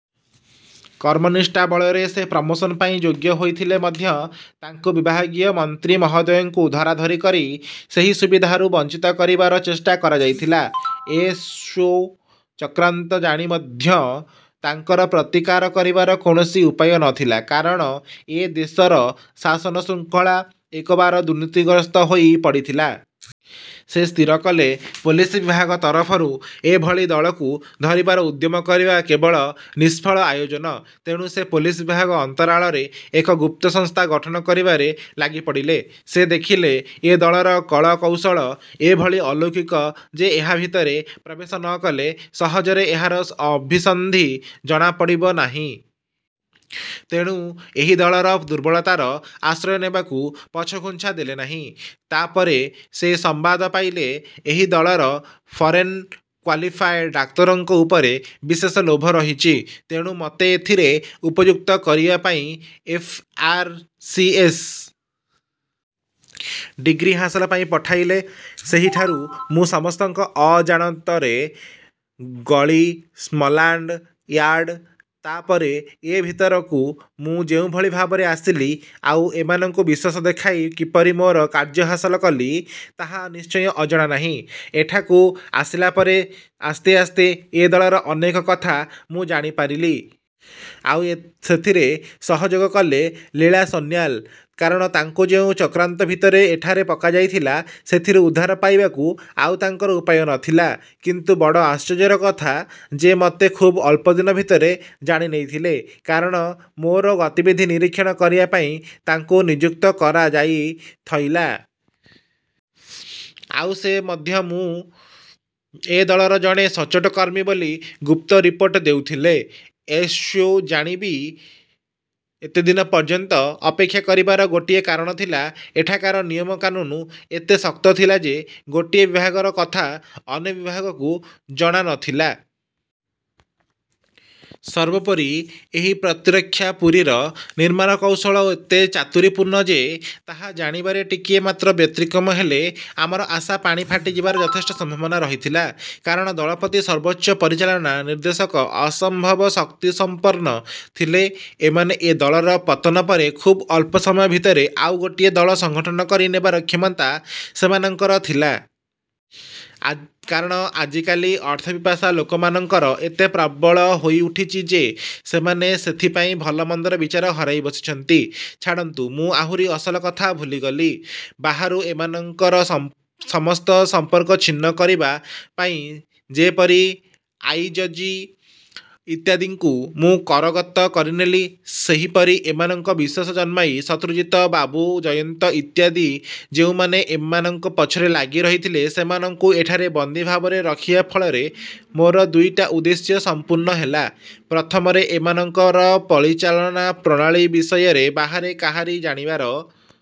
କର୍ମନିଷ୍ଠା ବଳରେ ସେ ପ୍ରମୋଶନ ପାଇଁ ଯୋଗ୍ୟ ହୋଇଥିଲେ ମଧ୍ୟ ତାଙ୍କୁ ବିଭାଗୀୟ ମନ୍ତ୍ରୀ ମହୋଦୟଙ୍କୁ ଧରାଧରି କରି ସେହି ସୁବିଧାରୁ। ବଞ୍ଚିତ କରିବାର ଚେଷ୍ଟା କରାଯାଇଥିଲା। ଏସ୍ବୁ ଚକ୍ରାନ୍ତ ଜାଣି ମଧ୍ୟ ତାଙ୍କର ପ୍ରତିକାର କରିବାର କୌଣସି ଉପାୟ ନ ଥିଲା। କାରଣ ଏ ଦେଶର ଶାସନ ଶୃଙ୍ଖଳା ଏକବାର ଦୁର୍ନୀତିଗ୍ରସ୍ତ ହୋଇ ପଡ଼ିଥିଲା। ସେ ସ୍ଥିର କଲେ, ପୋଲିସ ବିଭାଗ ତରଫରୁ ଏଭଳି ଦଳକୁ ଧରିବାର ଉଦ୍ୟମ କରିବା କେବଳ ନିଷ୍ଫଳ ଆୟୋଜନ। ତେଣୁ ସେ ପୋଲିସ ବିଭାଗ ଅନ୍ତରାଳରେ ଏକ ଗୁପ୍ତ ସଂସ୍ଥା ଗଠନ କରିବାରେ ଲାଗିପଡ଼ିଲେ। ସେ ଦେଖିଲେ ଏ ଦଳର କଳ କୌଶଳ ଏଭଳି ଅଲୌକିକ ଯେ, ଏହା ଭିତରେ ପ୍ରବେଶ ନ କଲେ ସହଜରେ ଏହାର ଅଭିସନ୍ଧି ଜଣାପଡ଼ିବ ନାହିଁ। ତେଣୁ ଏହି ଦଳର ଦୁର୍ବଳତାର ଆଶ୍ରୟ ନେବାକୁ ପଛଘୁଞ୍ଚା ଦେଲେ ନାହିଁ। ତା ପରେ ସେ ସମ୍ବାଦ ପାଇଲେ, ଏହି ଦଳର ଫରେନ୍ କ୍ୱାଲିଫାଏଡ୍ ଡାକ୍ତରଙ୍କ ଉପରେ ବିଶେଷ ଲୋଭ ରହିଛି। ତେଣୁ ମୋତେ ସେଥିରେ ଉପଯୁକ୍ତ କରିବା ପାଇଁ F. R. C. S. Degree ହାସଲ ପାଇଁ ପଠାଇଲେ। ସେହିଠାରୁ ମୁଁ ସମସ୍ତଙ୍କ ଅଜାଣତରେ ଗଳି ସ୍ମଟ୍ଲାଣ୍ଡ ୟାର୍ଡ଼। ତା ପରେ ଏ ଭିତରକୁ ମୁଁ ଯେଉଁଭଳି ଭାବରେ ଆସିଲି ଆଉ ଏମାନଙ୍କୁ ବିଶ୍ୱାସ ଦେଖାଇ କିପରି ମୋର କାର୍ଯ୍ୟ ହାସଲ କଲି, ତାହା ନିଶ୍ଚୟ ଅଜଣା ନାହିଁ। ଏଠାକୁ ଆସିଲା ପରେ ଆସ୍ତେ ଆସ୍ତେ ଏ ଦଳର ଅନେକ କଥା ମୁଁ ଜାଣିପାରିଲି। ଆଉ ସେଥିରେ ସହଯୋଗ କଲେ ଲୀଳା ସନ୍ନ୍ୟାଲ। କାରଣ, ତାଙ୍କୁ ଯେଉଁ ଚକ୍ରାନ୍ତ ଭିତରେ ଏଠାରେ ପକାଯାଇଥିଲା, ସେଥିରୁ ଉଦ୍ଧାର ପାଇବାକୁ ଆଉ ତାଙ୍କର ଉପାୟ ନ ଥିଲା। କିନ୍ତୁ ବଡ଼ ଆଶ୍ଚର୍ଯ୍ୟର କଥା, ସେ ମୋତେ ଖୁବ୍ ଅଳ୍ପଦିନ ଭିତରେ ଜାଣି ନେଇଥିଲେ। କାରଣ ମୋର ଗତିବିଧି ନିରୀକ୍ଷଣ କରିବା ପାଇଁ ତାଙ୍କୁ ନିଯୁକ୍ତ କରାଯାଇଥଇଲା। ଆଉ ସେ ମଧ୍ୟ ମୁଁ ଏ ଦଳର ଜଣେ ସଚ୍ଚୋଟ କର୍ମୀ ବୋଲି ଗୁପ୍ତ ରିପୋର୍ଟ ଦେଉଥିଲେ। ଏସ୍ବୁ ଜାଣି ବି ଏତେଦିନ ପର୍ଯ୍ୟନ୍ତ ଅପେକ୍ଷା କରିବାର ଗୋଟିଏ କାରଣ ଥିଲା। ଏଠାକାର ନିୟମ କାନୁନ ଏତେ ଶକ୍ତ ଥିଲା ଯେ, ଗୋଟିଏ ବିଭାଗର କଥା ଅନ୍ୟ ବିଭାଗକୁ ଜଣା ନ ଥିଲା। ସର୍ବୋପରି ଏହି ପ୍ରତିରକ୍ଷାପୁରୀର ନିର୍ମାଣ କୌଶଳ ଏତେ ଚାତୁରୀପୂର୍ଣ୍ଣ ଯେ, ତାହା ଜାଣିବାରେ ଟିକିଏ ମାତ୍ର ବ୍ୟତିକ୍ରମ ହେଲେ, ଆମର ଆଶା ପାଣି ଫାଟିଯିବାର ଯଥେଷ୍ଟ ସମ୍ବାବନା ରହିଥିଲା। କାରଣ ଦଳପତି ସର୍ବୋଚ୍ଚ ପରିଚାଳନା-ନିର୍ଦ୍ଦେଶକ। ଅସମ୍ବବ ଶକ୍ତିସଂପନ୍ନ ଥିଲେ ଏମାନେ। ଏ ଦଳର ପତନ ପରେ ଖୁବ୍ ଅଳ୍ପ ସମୟ ଭିତରେ ଆଉ ଗୋଟିଏ ଦଳ ସଂଗଠନ କରି ନେବାର କ୍ଷମତା ସେମାନଙ୍କର ଥିଲା। କାରଣ ଆଜିକାଲି ଅର୍ଥପିପାସା ଲୋକମାନଙ୍କର ଏତେ ପ୍ରବଳ ହୋଇଉଠିଛି ଯେ, ସେମାନେ ସେଥିପାଇଁ ଭଲମନ୍ଦର ବିଚାର ହରାଇ ବସିଛନ୍ତି। ଛାଡ଼ନ୍ତୁ, ମୁଁ ଆହୁରି ଅସଲ କଥା ଭୁଲିଗଲି। ବାହାରୁ ଏମାନଙ୍କର ସମସ୍ତ ସମ୍ପର୍କ ଛିନ୍ନ କରିବା ପାଇଁ ଯେପରି ଆଇଯ ଜି. ଇତ୍ୟାଦିଙ୍କୁ ମୁଁ କରଗତ କରିନେଲି, ସେହିପରି ଏମାନଙ୍କ ବିଶ୍ୱାସ ଜନ୍ମାଇ ଶତ୍ରୁଜିତ ବାବୁ, ଜୟନ୍ତ ଇତ୍ୟାଦି ଯେଉଁମାନେ ଏମାନଙ୍କ ପଛରେ ଲାଗିରହିଥିଲେ, ସେମାନଙ୍କୁ ଏଠାରେ ବନ୍ଦୀ ଭାବରେ ରଖିବା ଫଳରେ ମୋର ଦୁଇଟା ଉଦ୍ଦେଶ୍ୟ ସଂପୂର୍ଣ୍ଣ ହେଲା। ପ୍ରଥମରେ ଏମାନଙ୍କର ପରିଚାଳନା ପ୍ରଣାଳୀ ବିଷୟ ବାହାରେ କାହାରି ଜାଣିବାର